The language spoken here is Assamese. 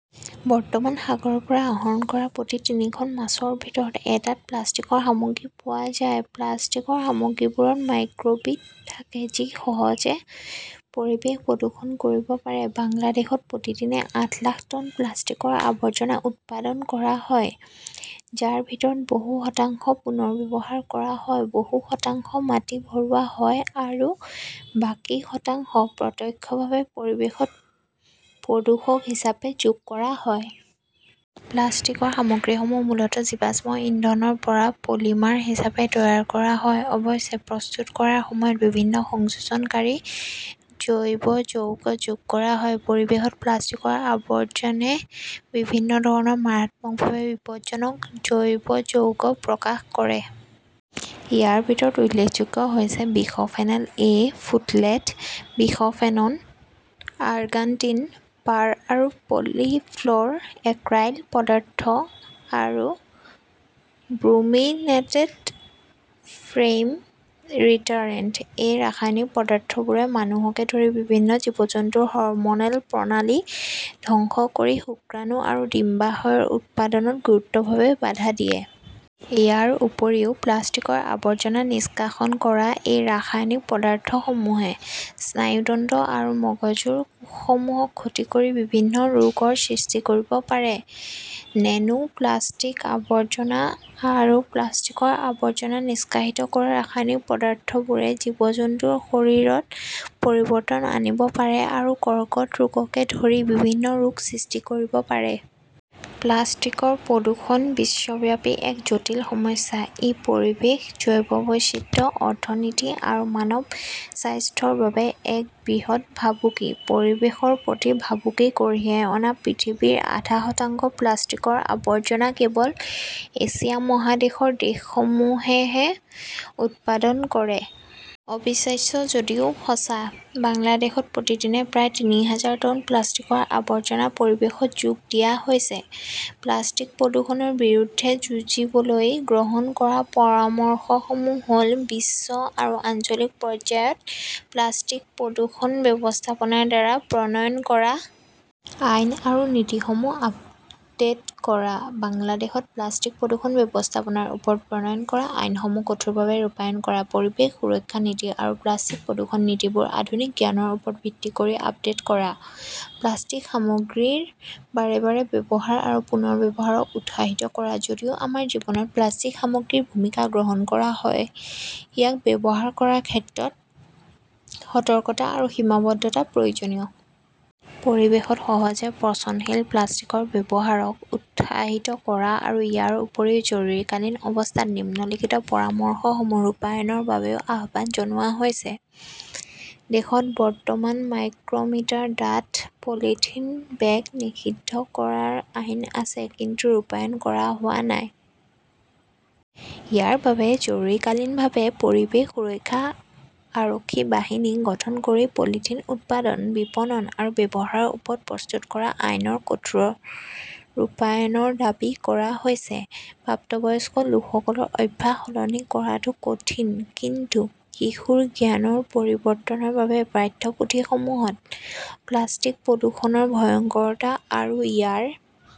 বৰ্তমান সাগৰৰ পৰা আহৰণ কৰা প্ৰতি তিনিখন মাছৰ ভিতৰত এটাত প্লাষ্টিকৰ সামগ্ৰী পোৱা যায়। প্লাষ্টিকৰ সামগ্ৰীবোৰত মাইক্ৰ বিড থাকে, যি সহজে পৰিৱেশ প্ৰদূষণ কৰিব পাৰে। বাংলাদেশত প্ৰতিদিনে আঠ লাখ টন প্লাষ্টিকৰ আৱৰ্জনা উৎপাদন কৰা হয়, যাৰ ভিতৰত বহু শতাংশ পুনৰ্ব্যৱহাৰ কৰা হয়, বহু শতাংশ মাটি ভৰোৱা হয় আৰু বাকী শতাংশ প্ৰত্যক্ষভাৱে পৰিৱেশত প্ৰদূষক হিচাপে যোগ কৰা হয়। প্লাষ্টিকৰ সামগ্ৰীসমূহ মূলত জীৱাশ্ম ইন্ধন ৰ পৰা পলিমাৰ হিচাপে তৈয়াৰ কৰা হয়। অৱশ্যে, প্ৰস্তুত কৰাৰ সময়ত বিভিন্ন সংযোজনকাৰী জৈৱ যৌগ যোগ কৰা হয়। পৰিৱেশত প্লাষ্টিকৰ আৱৰ্জনে বিভিন্ন ধৰণৰ মাৰাত্মকভাৱে বিপদজনক জৈৱ যৌগ প্ৰকাশ কৰে। ইয়াৰ ভিতৰত উল্লেখযোগ্য হৈছে বিসফেনল-এ, ফোথলেট, বিসফেনন, অৰ্গান'টিন, পাৰ আৰু পলি ফ্ল'ৰ' এল্কাইল পদাৰ্থ আৰু ব্ৰোমিনেটেড ফেইম ৰিটাৰেণ্ট। এই ৰাসায়নিক পদাৰ্থবোৰে মানুহকে ধৰি বিভিন্ন জীৱ-জন্তুৰ হৰম'নেল প্ৰণালী ধ্বংস কৰি শুক্ৰাণু আৰু ডিম্বাশয়ৰ উৎপাদনত গুৰুতৰভাৱে বাধা দিয়ে। ইয়াৰ উপৰিও প্লাষ্টিকৰ আৱৰ্জনা নিষ্কাশন কৰা এই ৰাসায়নিক পদাৰ্থসমূহে স্নায়ুতন্ত্ৰ আৰু মগজুৰ কোষসমূহক ক্ষতি কৰি বিভিন্ন ৰোগৰ সৃষ্টি কৰিব পাৰে। নেনো প্লাষ্টিক আৱৰ্জনা আৰু প্লাষ্টিকৰ আৱৰ্জনা নিষ্কাশিত কৰা ৰাসায়নিক পদাৰ্থবোৰে জীৱ-জন্তুৰ শৰীৰত পৰিৱৰ্তন আনিব পাৰে আৰু কৰ্কট ৰোগকে ধৰি বিভিন্ন ৰোগৰ সৃষ্টি কৰিব পাৰে। প্লাষ্টিকৰ প্ৰদূষণ বিশ্বব্যাপী এক জটিল সমস্যা। ই পৰিৱেশ, জৈৱ বৈচিত্ৰ্য, অৰ্থনীতি আৰু মানৱ স্বাস্থ্যৰ বাবে এক বৃহৎ ভাবুকি। পৰিৱেশৰ প্ৰতি ভাবুকি কঢ়িয়াই অনা পৃথিৱীৰ আধা শতাংশ প্লাষ্টিকৰ আৱৰ্জনা কেৱল এছিয়া মহাদেশৰ দেশসমূহেহে উৎপাদন কৰে। অবিশ্বাস্য যদিও সঁচা, বাংলাদেশত প্ৰতিদিনে প্ৰায় তিনি হাজাৰ টন প্লাষ্টিকৰ আৱৰ্জনা পৰিৱেশত যোগ দিয়া হৈছে। প্লাষ্টিক প্ৰদূষণৰ বিৰুদ্ধে যুঁজিবলৈ গ্ৰহণ কৰা পৰামৰ্শসমূহ হ'ল বিশ্ব আৰু আঞ্চলিক পৰ্যায়ত প্লাষ্টিক প্ৰদূষণ ব্যৱস্থাপনাৰ দ্বাৰা প্ৰণয়ন কৰা আইন আৰু নীতিসমূহ আপডেট কৰা, বাংলাদেশত প্লাষ্টিক প্ৰদূষণ ব্যৱস্থাপনাৰ ওপৰত প্ৰণয়ন কৰা আইনসমূহ কঠোৰভাৱে ৰূপায়ণ কৰা, পৰিৱেশ সুৰক্ষা নীতি আৰু প্লাষ্টিক প্ৰদূষণ নীতিবোৰ আধুনিক জ্ঞানৰ ওপৰত ভিত্তি কৰি আপডেট কৰা, প্লাষ্টিক সামগ্ৰীৰ বাৰে বাৰে ব্যৱহাৰ আৰু পুনৰ্ব্যৱহাৰক উৎসাহিত কৰা, যদিও আমাৰ জীৱনত প্লাষ্টিক সামগ্ৰীৰ ভূমিকা গ্ৰহণ কৰা হয়, ইয়াক ব্যৱহাৰ কৰাৰ ক্ষেত্ৰত সতৰ্কতা আৰু সীমাবদ্ধতা প্ৰয়োজনীয়। পৰিৱেশত সহজে পচনশীল প্লাষ্টিকৰ ব্যৱহাৰক উৎসাহিত কৰা আৰু ইয়াৰ উপৰিও জৰুৰীকালীন অৱস্থাত নিম্নলিখিত পৰামৰ্শসমূহ ৰূপায়ণৰ বাবেও আহ্বান জনোৱা হৈছে। দেশত বৰ্তমান মাইক্ৰ'মিটাৰ ডাঠ পলিথিন বেগ নিষিদ্ধ কৰাৰ আইন আছে, কিন্তু ৰূপায়ণ কৰা হোৱা নাই। ইয়াৰ বাবে জৰুৰীকালীনভাৱে '"পৰিৱেশ সুৰক্ষা আৰক্ষী বাহিনী" গঠন কৰি পলিথিন উৎপাদন, বিপণন আৰু ব্যৱহাৰৰ ওপৰত প্ৰস্তুত কৰা আইনৰ কঠোৰ ৰূপায়ণৰ দাবী কৰা হৈছে । প্ৰাপ্তবয়স্ক লোকৰ অভ্যাস সলনি কৰাটো কঠিন, কিন্তু শিশুৰ জ্ঞানৰ পৰিৱৰ্তনৰ বাবে পাঠ্যপুথিসমূহত প্লাষ্টিক প্ৰদূষণৰ ভয়ংকৰতা আৰু ইয়াৰ